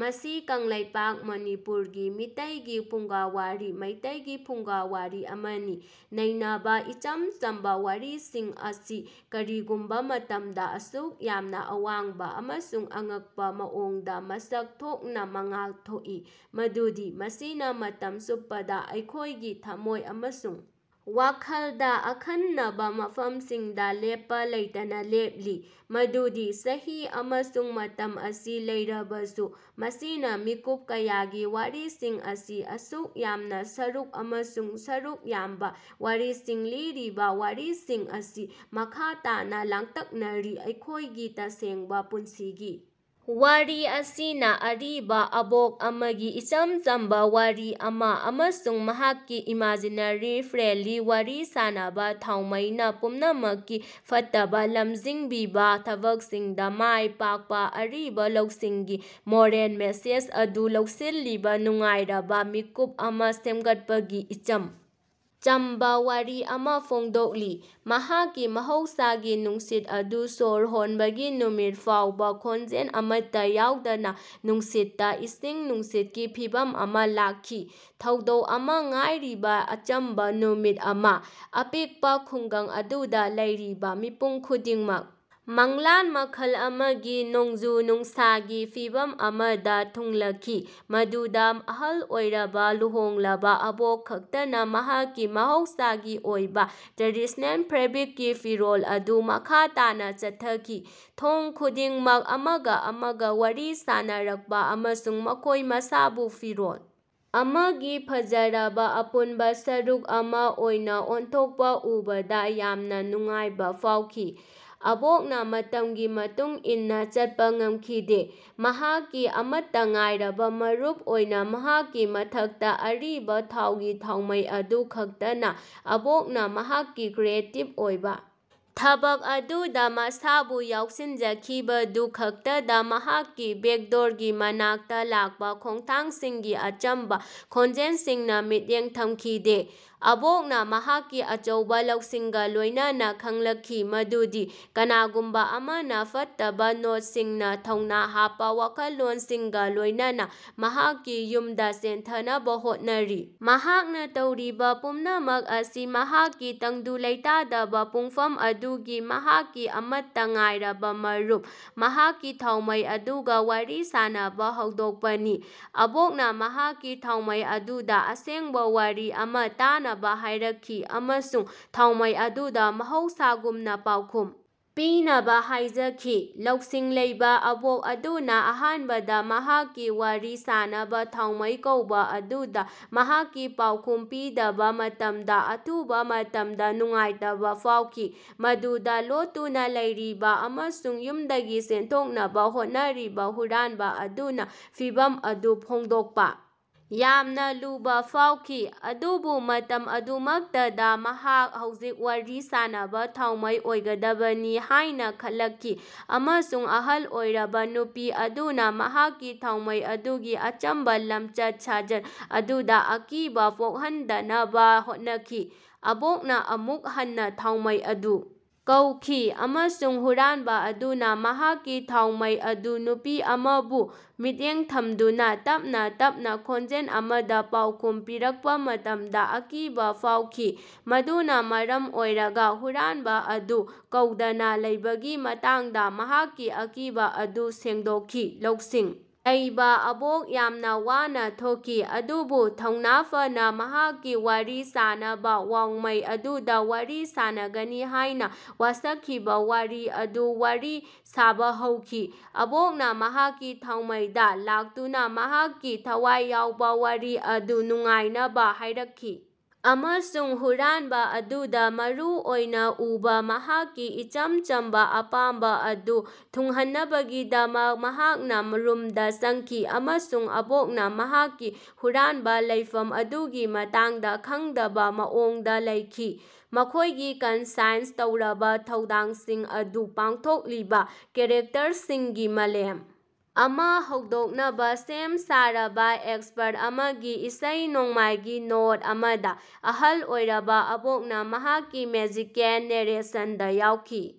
ꯃꯁꯤ ꯀꯪꯂꯩꯄꯥꯛ (ꯃꯅꯤꯄꯨꯔ) ꯒꯤ ꯃꯤꯇꯩꯒꯤ ꯐꯨꯡꯒꯥꯋꯥꯔꯤ (ꯃꯩꯇꯩꯒꯤ ꯐꯨꯡꯒꯥꯋꯥꯔꯤ) ꯑꯃꯅꯤ꯫ ꯅꯩꯅꯕ ꯏꯆꯝ ꯆꯝꯕꯥ ꯋꯥꯔꯤꯁꯤꯡ ꯑꯁꯤ ꯀꯔꯤꯒꯨꯝꯕꯥ ꯃꯇꯝꯗꯥ ꯑꯁꯨꯛ ꯌꯥꯝꯅꯥ ꯑꯋꯥꯡꯕꯥ ꯑꯃꯁꯨꯡ ꯑꯉꯛꯄꯥ ꯃꯑꯣꯡꯗꯥ ꯃꯁꯛ ꯊꯣꯛꯅꯥ ꯃꯉꯥꯜ ꯊꯣꯛꯏ꯫ ꯃꯗꯨꯗꯤ ꯃꯁꯤꯅꯥ ꯃꯇꯝ ꯆꯨꯞꯄꯗꯥ ꯑꯩꯈꯣꯢꯒꯤ ꯊꯝꯃꯣꯢ ꯑꯃꯁꯨꯡ ꯋꯥꯈꯜꯗꯥ ꯑꯈꯟꯅꯕꯥ ꯃꯐꯝꯁꯤꯡꯗꯥ ꯂꯦꯞꯄꯥ ꯂꯩꯇꯅꯥ ꯂꯦꯞꯂꯤ꯫ ꯃꯗꯨꯗꯤ ꯆꯍꯤ ꯑꯃꯁꯨꯡ ꯃꯇꯝ ꯑꯁꯤ ꯂꯩꯔꯕꯁꯨ, ꯃꯁꯤꯅꯥ ꯃꯤꯀꯨꯞ ꯀꯌꯥꯒꯤ ꯋꯥꯔꯤꯁꯤꯡ ꯑꯁꯤ ꯑꯁꯨꯛ ꯌꯥꯝꯅꯥ ꯁꯔꯨꯛ ꯑꯃꯁꯨꯡ ꯁꯔꯨꯛ ꯌꯥꯝꯕꯥ ꯋꯥꯔꯤꯁꯤꯡ ꯂꯤꯔꯤꯕꯥ ꯋꯥꯔꯤꯁꯤꯡ ꯑꯁꯤ ꯃꯈꯥ ꯇꯥꯅꯥ ꯂꯥꯡꯇꯛꯅꯔꯤ ꯑꯩꯈꯣꯢꯒꯤ ꯇꯁꯦꯡꯕꯥ ꯄꯨꯟꯁꯤꯒꯤ꯫ ꯋꯥꯔꯤ ꯑꯁꯤꯅꯥ ꯑꯔꯤꯕꯥ ꯑꯕꯣꯛ ꯑꯃꯒꯤ ꯏꯆꯝ ꯆꯝꯕꯥ ꯋꯥꯔꯤ ꯑꯃꯥ ꯑꯃꯁꯨꯡ ꯃꯍꯥꯛꯀꯤ ꯏꯃꯥꯖꯤꯅꯔꯤ ꯐ꯭ꯔꯦꯟꯗꯂꯤ ꯋꯥꯔꯤ ꯁꯥꯅꯕꯥ ꯊꯥꯎꯃꯩꯅꯥ ꯄꯨꯝꯅꯃꯛꯀꯤ ꯐꯠꯇꯕꯥ ꯂꯝꯖꯤꯡꯕꯤꯕꯥ ꯊꯕꯛꯁꯤꯡꯗꯥ ꯃꯥꯏ ꯄꯥꯛꯄꯥ ꯑꯔꯤꯕꯥ ꯂꯧꯁꯤꯡꯒꯤ ꯃꯣꯔꯦꯜ ꯃꯦꯁꯦꯖ ꯑꯗꯨ ꯂꯧꯁꯤꯜꯂꯤꯕꯥ ꯅꯨꯡꯉꯥꯏꯔꯕꯥ ꯃꯤꯀꯨꯞ ꯑꯃꯥ ꯁꯦꯝꯒꯠꯄꯒꯤ ꯏꯆꯝ ꯆꯝꯕꯥ ꯋꯥꯔꯤ ꯑꯃꯥ ꯐꯣꯡꯗꯣꯛꯂꯤ꯫ ꯃꯍꯥꯛꯀꯤ ꯃꯍꯧꯁꯥꯒꯤ ꯅꯨꯡꯁꯤꯠ ꯑꯗꯨ ꯁꯣꯔ ꯍꯣꯟꯕꯒꯤ ꯅꯨꯃꯤꯠ ꯐꯥꯎꯕꯥ ꯈꯣꯟꯖꯦꯜ ꯑꯃꯠꯇꯥ ꯌꯥꯎꯗꯅꯥ ꯅꯨꯡꯁꯤꯠꯇꯥ ꯏꯁꯤꯡ ꯅꯨꯡꯁꯤꯠꯀꯤ ꯐꯤꯚꯝ ꯑꯃꯥ ꯂꯥꯛꯈꯤ, ꯊꯧꯗꯣꯛ ꯑꯃꯥ ꯉꯥꯏꯔꯤꯕꯥ ꯑꯆꯝꯕꯥ ꯅꯨꯃꯤꯠ ꯑꯃꯥ꯫ ꯑꯄꯤꯛꯄꯥ ꯈꯨꯡꯒꯪ ꯑꯗꯨꯗꯥ ꯂꯩꯔꯤꯕꯥ ꯃꯤꯄꯨꯝ ꯈꯨꯗꯤꯡꯃꯛ ꯃꯪꯂꯥꯟ ꯃꯈꯜ ꯑꯃꯒꯤ ꯅꯣꯡꯖꯨ-ꯅꯨꯡꯁꯥꯒꯤ ꯐꯤꯚꯝ ꯑꯃꯗꯥ ꯊꯨꯡꯂꯈꯤ ꯃꯗꯨꯗꯥ ꯑꯍꯜ ꯑꯣꯏꯔꯕꯥ ꯂꯨꯍꯣꯡꯂꯕꯥ ꯑꯕꯣꯛ ꯈꯛꯇꯅꯥ ꯃꯍꯥꯛꯀꯤ ꯃꯍꯧꯁꯥꯒꯤ ꯑꯣꯏꯕꯥ ꯇ꯭ꯔꯦꯗꯤꯁ꯭ꯅꯦꯜ ꯐꯦꯕ꯭ꯔꯤꯛꯀꯤ ꯐꯤꯔꯣꯜ ꯑꯗꯨ ꯃꯈꯥ ꯇꯥꯅꯥ ꯆꯠꯊꯈꯤ꯫ ꯊꯣꯡ ꯈꯨꯗꯤꯡꯃꯛ ꯑꯃꯒꯥ ꯑꯃꯒꯥ ꯋꯥꯔꯤ ꯁꯥꯅꯔꯛꯄꯥ ꯑꯃꯁꯨꯡ ꯃꯈꯣꯢ ꯃꯁꯥꯕꯨ ꯐꯤꯔꯣꯜ ꯑꯃꯒꯤ ꯐꯖꯔꯕꯥ ꯑꯄꯨꯟꯕꯥ ꯁꯔꯨꯛ ꯑꯃꯥ ꯑꯣꯏꯅꯥ ꯑꯣꯟꯊꯣꯛꯄꯥ ꯎꯕꯗꯥ ꯌꯥꯝꯅꯥ ꯅꯨꯡꯉꯥꯏꯕꯥ ꯐꯥꯎꯈꯤ, ꯑꯕꯣꯛꯅꯥ ꯃꯇꯝꯒꯤ ꯃꯇꯨꯡ ꯏꯟꯅꯥ ꯆꯠꯄꯥ ꯉꯝꯈꯤꯗꯦ꯫ ꯃꯍꯥꯛꯀꯤ ꯑꯃꯠꯇꯥ ꯉꯥꯏꯔꯕꯥ ꯃꯔꯨꯞ ꯑꯣꯏꯅꯥ ꯃꯍꯥꯛꯀꯤ ꯃꯊꯛꯇꯥ ꯑꯔꯤꯕꯥ ꯊꯥꯎꯒꯤ ꯊꯥꯎꯃꯩ ꯑꯗꯨ ꯈꯛꯇꯅꯥ, ꯑꯕꯣꯛꯅꯥ ꯃꯍꯥꯛꯀꯤ ꯀ꯭ꯔꯤꯌꯦꯇꯤꯞ ꯑꯣꯏꯕꯥ ꯊꯕꯛ ꯑꯗꯨꯗꯥ ꯃꯁꯥꯕꯨ ꯌꯥꯎꯁꯤꯟꯖꯈꯤꯕꯗꯨ ꯈꯛꯇꯗꯥ ꯃꯍꯥꯛꯀꯤ ꯕꯦꯛꯗꯣꯔꯒꯤ ꯃꯅꯥꯛꯇꯥ ꯂꯥꯛꯄꯥ ꯈꯣꯡꯊꯥꯡꯁꯤꯡꯒꯤ ꯑꯆꯝꯕꯥ ꯈꯣꯟꯖꯦꯜꯁꯤꯡꯅꯥ ꯃꯤꯠꯌꯦꯡ ꯊꯝꯈꯤꯗꯦ꯫ ꯑꯕꯣꯛꯅꯥ ꯃꯍꯥꯛꯀꯤ ꯑꯆꯧꯕꯥ ꯂꯧꯁꯤꯡꯒꯥ ꯂꯣꯢꯅꯅꯥ ꯈꯪꯂꯛꯈꯤ ꯃꯗꯨꯗꯤ ꯀꯅꯥꯒꯨꯝꯕꯥ ꯑꯃꯅꯥ ꯐꯠꯇꯕꯥ ꯅꯣꯗꯁꯤꯡꯅꯥ ꯊꯧꯅꯥ ꯍꯥꯞꯄꯥ ꯋꯥꯈꯜꯂꯣꯟꯁꯤꯡꯒꯥ ꯂꯣꯢꯅꯅꯥ ꯃꯍꯥꯛꯀꯤ ꯌꯨꯝꯗꯥ ꯆꯦꯟꯊꯅꯕꯥ ꯍꯣꯠꯅꯔꯤ꯫ ꯃꯍꯥꯛꯅꯥ ꯇꯧꯔꯤꯕꯥ ꯄꯨꯝꯅꯃꯛ ꯑꯁꯤ ꯃꯍꯥꯛꯀꯤ ꯇꯪꯗꯨ ꯂꯩꯇꯥꯗꯕꯥ ꯄꯨꯡꯐꯝ ꯑꯗꯨꯒꯤ ꯃꯍꯥꯛꯀꯤ ꯑꯃꯠꯇꯥ ꯉꯥꯏꯔꯕꯥ ꯃꯔꯨꯞ, ꯃꯍꯥꯛꯀꯤ ꯊꯥꯎꯃꯩ ꯑꯗꯨꯒꯥ ꯋꯥꯔꯤ ꯁꯥꯅꯕꯥ ꯍꯧꯗꯣꯛꯄꯅꯤ꯫ ꯑꯕꯣꯛꯅꯥ ꯃꯍꯥꯛꯀꯤ ꯊꯥꯎꯃꯩ ꯑꯗꯨꯗꯥ ꯑꯁꯦꯡꯕꯥ ꯋꯥꯔꯤ ꯑꯃꯥ ꯇꯥꯅꯕꯥ ꯍꯥꯢꯔꯛꯈꯤ ꯑꯃꯁꯨꯡ ꯊꯥꯎꯃꯩ ꯑꯗꯨꯗꯥ ꯃꯍꯧꯁꯥꯒꯨꯝꯅꯥ ꯄꯥꯎꯈꯨꯝ ꯄꯤꯅꯕꯥ ꯍꯥꯢꯖꯈꯤ꯫ ꯂꯧꯁꯤꯡ ꯂꯩꯕꯥ ꯑꯕꯣꯛ ꯑꯗꯨꯅꯥ ꯑꯍꯥꯟꯕꯗꯥ ꯃꯍꯥꯛꯀꯤ ꯋꯥꯔꯤ ꯁꯥꯅꯕꯥ ꯊꯥꯎꯃꯩ ꯀꯧꯕꯥ ꯑꯗꯨꯗ ꯃꯍꯥꯛꯀꯤ ꯄꯥꯎꯈꯨꯝ ꯄꯤꯗꯕꯥ ꯃꯇꯝꯗꯥ ꯑꯊꯨꯕꯥ ꯃꯇꯝꯗꯥ ꯅꯨꯡꯉꯥꯏꯇꯕꯥ ꯐꯥꯎꯈꯤ꯫ ꯃꯗꯨꯗꯥ ꯂꯣꯠꯇꯨꯅꯥ ꯂꯩꯔꯤꯕꯥ ꯑꯃꯁꯨꯡ ꯌꯨꯝꯗꯥꯒꯤ ꯆꯦꯟꯊꯣꯛꯅꯕꯥ ꯍꯣꯠꯅꯔꯤꯕꯥ ꯍꯨꯔꯥꯟꯕꯥ ꯑꯗꯨꯅꯥ ꯐꯤꯚꯝ ꯑꯗꯨ ꯐꯣꯡꯗꯣꯛꯄꯥ ꯌꯥꯝꯅꯥ ꯂꯨꯕꯥ ꯐꯥꯎꯈꯤ꯫ ꯑꯗꯨꯕꯨ ꯃꯇꯝ ꯑꯗꯨꯃꯛꯇꯗꯥ ꯃꯍꯥꯛ ꯍꯧꯖꯤꯛ ꯋꯥꯔꯤ ꯁꯥꯅꯕꯥ ꯊꯥꯎꯃꯩ ꯑꯣꯏꯒꯗꯕꯅꯤ ꯍꯥꯢꯅꯥ ꯈꯜꯂꯛꯈꯤ ꯑꯃꯁꯨꯡ ꯑꯍꯜ ꯑꯣꯏꯔꯕꯥ ꯅꯨꯄꯤ ꯑꯗꯨꯅꯥ ꯃꯍꯥꯛꯀꯤ ꯊꯥꯎꯃꯩ ꯑꯗꯨꯒꯤ ꯑꯆꯝꯕꯥ ꯂꯝꯆꯠ-ꯁꯥꯖꯠ ꯑꯗꯨꯗꯥ ꯑꯀꯤꯕꯥ ꯄꯣꯛꯍꯟꯗꯅꯕꯥ ꯍꯣꯠꯅꯈꯤ꯫ ꯑꯕꯣꯛꯅꯥ ꯑꯃꯨꯛ ꯍꯟꯅꯥ ꯊꯥꯎꯃꯩ ꯑꯗꯨ ꯀꯧꯈꯤ ꯑꯃꯁꯨꯡ ꯍꯨꯔꯥꯟꯕꯥ ꯑꯗꯨꯅꯥ ꯃꯍꯥꯛꯀꯤ ꯊꯥꯎꯃꯩ ꯑꯗꯨ ꯅꯨꯄꯤ ꯑꯃꯕꯨ ꯃꯤꯠꯌꯦꯡ ꯊꯝꯗꯨꯅꯥ ꯇꯞꯅꯥ ꯇꯞꯅꯥ ꯈꯣꯟꯖꯦꯜ ꯑꯃꯗꯥ ꯄꯥꯎꯈꯨꯝ ꯄꯤꯔꯛꯄꯥ ꯃꯇꯝꯗꯥ ꯑꯀꯤꯕꯥ ꯐꯥꯎꯈꯤ꯫ ꯃꯗꯨꯅꯥ ꯃꯔꯝ ꯑꯣꯏꯔꯒꯥ ꯍꯨꯔꯥꯟꯕꯥ ꯑꯗꯨ ꯀꯧꯗꯅꯥ ꯂꯩꯕꯒꯤ ꯃꯇꯥꯡꯗꯥ ꯃꯍꯥꯛꯀꯤ ꯑꯀꯤꯕꯥ ꯑꯗꯨ ꯁꯦꯡꯗꯣꯛꯈꯤ꯫ ꯂꯧꯁꯤꯡ ꯂꯩꯕꯥ ꯑꯕꯣꯛ ꯌꯥꯝꯅꯥ ꯋꯥꯅꯥ ꯊꯣꯛꯈꯤ ꯑꯗꯨꯕꯨ ꯊꯧꯅꯥ ꯐꯅꯥ ꯃꯍꯥꯛꯀꯤ ꯋꯥꯔꯤ ꯁꯥꯅꯕꯥ ꯋꯥꯎꯃꯩ ꯑꯗꯨꯗꯥ ꯋꯥꯔꯤ ꯁꯥꯅꯒꯅꯤ ꯍꯥꯢꯅꯥ ꯋꯥꯁꯛꯈꯤꯕꯥ ꯋꯥꯔꯤ ꯑꯗꯨ ꯋꯥꯔꯤ ꯁꯥꯕꯥ ꯍꯧꯈꯤ꯫ ꯑꯕꯣꯛꯅꯥ ꯃꯍꯥꯛꯀꯤ ꯊꯥꯎꯃꯩꯗ ꯂꯥꯛꯇꯨꯅꯥ ꯃꯍꯥꯛꯀꯤ ꯊꯋꯥꯏ ꯌꯥꯎꯕꯥ ꯋꯥꯔꯤ ꯑꯗꯨ ꯅꯨꯡꯉꯥꯏꯅꯕꯥ ꯍꯥꯢꯔꯛꯈꯤ ꯑꯃꯁꯨꯡ ꯍꯨꯔꯥꯟꯕꯥ ꯑꯗꯨꯗꯥ ꯃꯨꯔꯨ ꯑꯣꯏꯅꯥ ꯎꯕꯥ ꯃꯍꯥꯛꯀꯤ ꯏꯆꯝ ꯆꯝꯕꯥ ꯑꯄꯥꯝꯕꯥ ꯑꯗꯨ ꯊꯨꯡꯍꯟꯅꯕꯒꯤꯗꯃꯛ ꯃꯍꯥꯛꯅꯥ ꯔꯨꯝꯗꯥ ꯆꯪꯈꯤ ꯑꯃꯁꯨꯡ ꯑꯕꯣꯛꯅꯥ ꯃꯍꯥꯛꯀꯤ ꯍꯨꯔꯥꯟꯕꯥ ꯂꯩꯐꯝ ꯑꯗꯨꯒꯤ ꯃꯇꯥꯡꯗꯥ ꯈꯪꯗꯕꯥ ꯃꯑꯣꯡꯗꯥ ꯂꯩꯈꯤ꯫ ꯃꯈꯣꯢꯒꯤ ꯀꯟꯁꯥꯏꯟ ꯇꯧꯔꯕꯥ ꯊꯧꯗꯥꯡꯁꯤꯡ ꯑꯗꯨ ꯄꯥꯡꯊꯣꯛꯂꯤꯕꯥ ꯀꯦꯔꯦꯛꯇꯔꯁꯤꯡꯒꯤ ꯃꯥꯂꯦꯝ ꯑꯃꯥ ꯍꯧꯗꯣꯛꯅꯕꯥ ꯁꯦꯝ ꯁꯥꯔꯕꯥ ꯑꯦꯛꯁꯄꯥꯔꯠ ꯑꯃꯒꯤ ꯏꯁꯩ ꯅꯣꯡꯃꯥꯏꯒꯤ ꯅꯣꯠ ꯑꯃꯗꯥ, ꯑꯍꯜ ꯑꯣꯏꯔꯕꯥ ꯑꯕꯣꯛꯅꯥ ꯃꯍꯥꯛꯀꯤ ꯃꯦꯖꯤꯀꯦꯜ ꯅꯦꯔꯦꯁꯟꯗꯥ ꯌꯥꯎꯈꯤ꯫